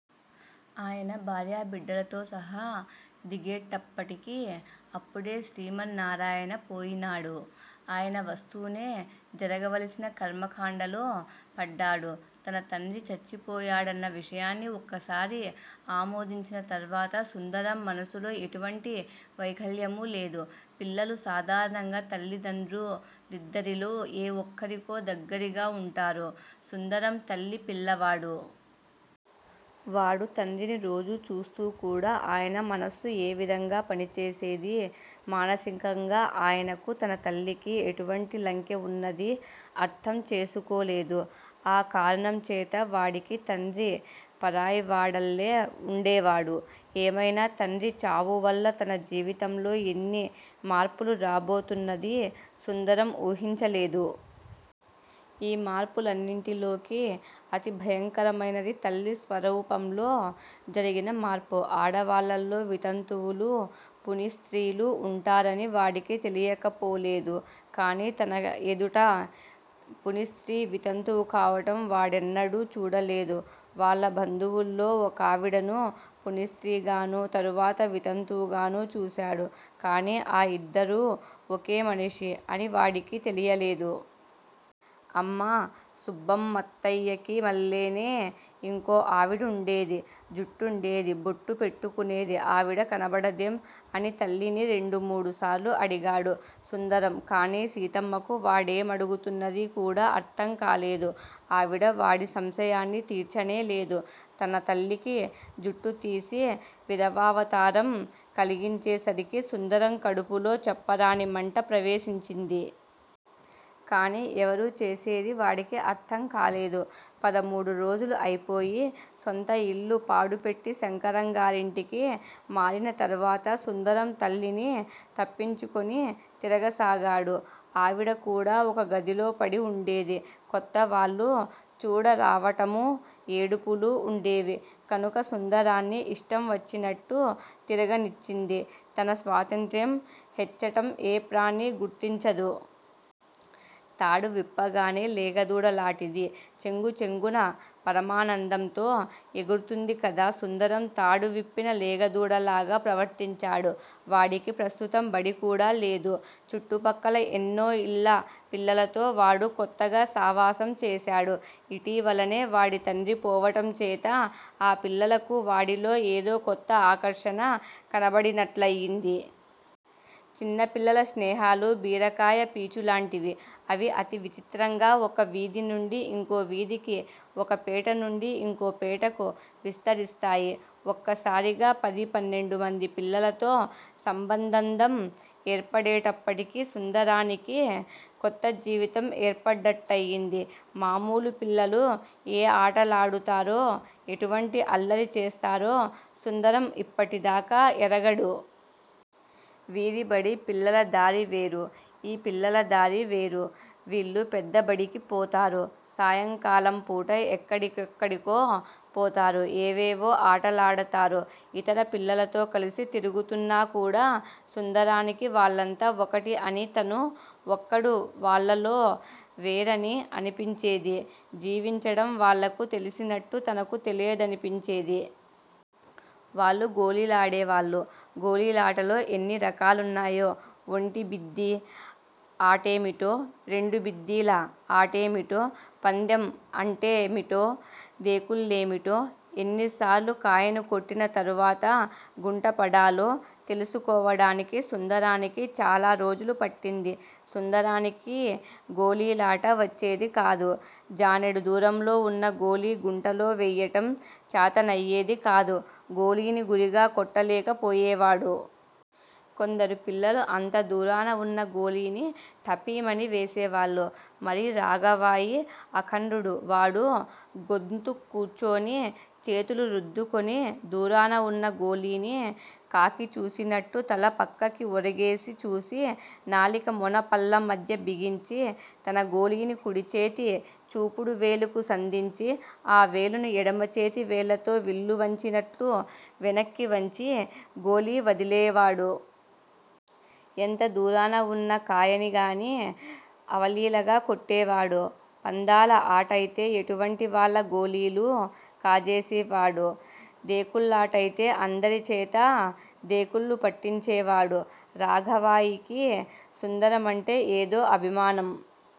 ఆయన భార్య బిడ్డలతోసహా దిగేట్టప్పటికి అప్పుడే శ్రీమన్నారాయణ పోయినాడు. ఆయన వస్తూనే జరగవలసిన కర్మకాండలో పడ్డాడు తన తండ్రి చచ్చిపోయాడన్న విషయాన్ని ఒకసారి ఆమోదించిన తరువాత సుందరం మనసులో ఎటువంటి వైకల్యమూ లేదు. పిల్లలు సాధారణంగా తల్లిదండ్రు లిద్దరిలో ఏ ఒక్కరికో దగ్గరిగా ఉంటారు. సుందరం తల్లి పిల్లవాడు. వాడు తండ్రిని రోజూ చూస్తూకూడా. ఆయన మనస్సు ఏ విధంగా పని చేసేదీ, మానసికంగా ఆయనకూ తన తల్లికీ ఎటువంటి లంకె ఉన్నదీ అర్డంచేసుకోలేదు. ఆ కారణంచేత వాడికి తండ్రి పరాయివాడల్లే ఉండేవాడు. ఏమైనా తండ్రి చావువల్ల తన జీవితంలో ఎన్ని మార్పులు రాబోతున్నదీ సుందరం ఊహించలేదు. ఈ మార్పు లన్నిటిలోకీ అతిభయంకరమైనది తల్లి స్వరూపంలో జరిగిన మార్పు. ఆడవాళ్ళలో వితంతువులూ, పునిస్రీలూ ఉంటారని వాడికి తెలియకపోలేదు. కాని తనఎదుట పునిస్రీ వితంతువుకావటం వాడెన్నడూ చూడలేదు. వాళ్ళ బంధువుల్లో ఒకావిడను పునిస్రీగానూ, తరువాత వితంతువు గానూ, చూశాడు. కాని ఆ ఇద్దరూ ఒకే మనిషి అని వాడికి తెలియలేదు. అమ్మా. సుబ్బమ్మత్తయ్యకిమ్మల్లేనే ఇంకో ఆవిడ ఉండేదే? జుట్టుండేది. బొట్టు పెట్టుకునేది! ఆవిడ కనబడదేం? అని తల్లిని రెండు మూడు సార్లు అడిగాడు సుందరం. కాని సీతమ్మకు వాడే మడుగుతున్నదీ కూడా అర్ధంకాలేదు. ఆవిడ వాడి సంశయాన్ని తీర్చనేలేదు. తన తల్లికి జుట్టుతీసి విధవావతారం కలిగించేసరికి సుందరం కడుపులో చెప్పరానిమంట ప్రవేసించింది. కాని ఎవరు చేసిందీ వాడికి అర్డంకాలేదు. పదమూడురోజులూ అయిపోయి, సొంతఇల్లు పాడుపెట్టి శంకరంగారింటికి మారినతరువాత సుందరం తల్లిని తప్పించుకుని తిరగసాగాడు. ఆవిడకూడా ఒక గదిలో పడి వుండేది. కొత్తవాళ్ళు చూడరావటమూ. ఏడుపులూ ఉండేవి, కనుక సుందరాన్ని ఇష్టం వచ్చినట్టు తిరగనిచ్చింది. తన స్వాతంత్ర్యం హెచ్చటం ఏ ప్రాణి గుర్తించదు? తాడువిప్పగానే లేగదూడలాటిది చెంగుచెంగున పరమానందంతో ఎగురుతుందిగదా! సుందరం తాడు విప్పిన లేగదూడ లాగా ప్రవర్తించాడు. వాడికి ప్రస్తుతం బడికూడా లేదు. చుట్టుపక్కల ఎన్నోఇళ్ళ పిల్లలతో వాడు కొత్తగా సావాసం చేశాడు. ఇటీవలనే వాడి తండ్రి పోవటం చేత ఆ పిల్లలకు వాడిలో ఏదో కొత్త ఆకర్షణ కనబడినట్ట్లయింది. చిన్నపిల్లల స్నేహాలు బీరకాయ పీచులాంటివి. అవి అతి విచిత్రంగా ఒక వీధినుండి ఇంకో వీధికి. ఒక పేట నుండి ఇంకో పేటకూ విస్తరిస్తాయి. ఒక్కసారిగా పది పన్నెండు మంది పిల్లలతో సంబంధందం ఏర్పడేటప్పటికి సుందరానికి కొత్త జీవితం ఏర్పడ్డట్టయింది. మామూలు పిల్లలు ఏ ఆటలాడు తారో, ఎటువంటి అల్లరిచేస్తారో సుందరం ఇప్పటిదాకా ఎరగడు. వీధిబడి పిల్లల దారివేరు. ఈ పిల్లలదారి వేరు. వీళ్ళు పెద్దబడికి పోతారు. సాయంకాలంపూట ఎక్కడి కె క్కడికో పోతారు. ఏవేవో ఆటలాడతారు. ఇతర పిల్లలతో కలసి తిరుగుతున్నా కూడా సుందరానికి, వాళ్ళంతా ఒకటి అనీ, తను ఒక్కడూ వాళ్ళలో వేరనీ అనిపించేది. జీవించటం వాళ్ళకు తెలిసినట్టు తనకు తెలియదనిపించేది. వాళ్ళు గోళీలాడేవాళ్ళు. గోలీలాటలో ఎన్ని రకాలున్నాయో, ఒంటిబిద్దీ ఆటేమిటో, రెండుబిద్దీల ఆటఏమిటో, పందెం అంటేమిటో, దేకుళ్ళేమిటో, ఎన్నిసార్లు కాయను కొట్టినతరువాత గుంటపడాలో తెలుసుకోవడానికి సుందరానికి చాలా రోజులు పట్టింది. సుందరానికి గోలీలాట వచ్చేదికాదు. జానెడు దూరంలో ఉన్న గోలీ గుంటలో వెయ్యటం చాతనయ్యేదికాదు. గోలీని గురిగా కొట్టలేకపోయేవాడు. కొందరు పిల్లలు అంత దూరాన ఉన్న గోలీని ఠపీమని వేసేవాళ్ళు. మరీ రాఘవాయి అఖండుడు. వాడు గొంతుక్కూచుని, చేతులు రుద్దుకుని, దూరాన ఉన్న గోలీని కాకిచూసినట్టు తల పక్కకి ఒరగేసి చూసి, నాలిక మొన పళ్ళ మధ్య బిగించి, తన గోలీని కుడిచేతి చూపుడు వేలుకు సందించి ఆ వేలును ఎడమ చేతివేళ్ళతో విల్లువంచినట్లు వెనక్కి వంచి, గోలీ వదిలేవాడు. ఎంత దూరాన ఉన్న కాయనిగానీ అవలీలగా కొట్టేవాడు. పందాల అటఅయితే ఎటువంటివాళ్ళ గోలీలూ కాజేసే వాడు. దేకుళ్ళాటయితే అందరిచేతా దేకుళ్ళుపెట్టించేవాడు. రాఘవాయికి సుందరమంటే ఏదో అభిమానం.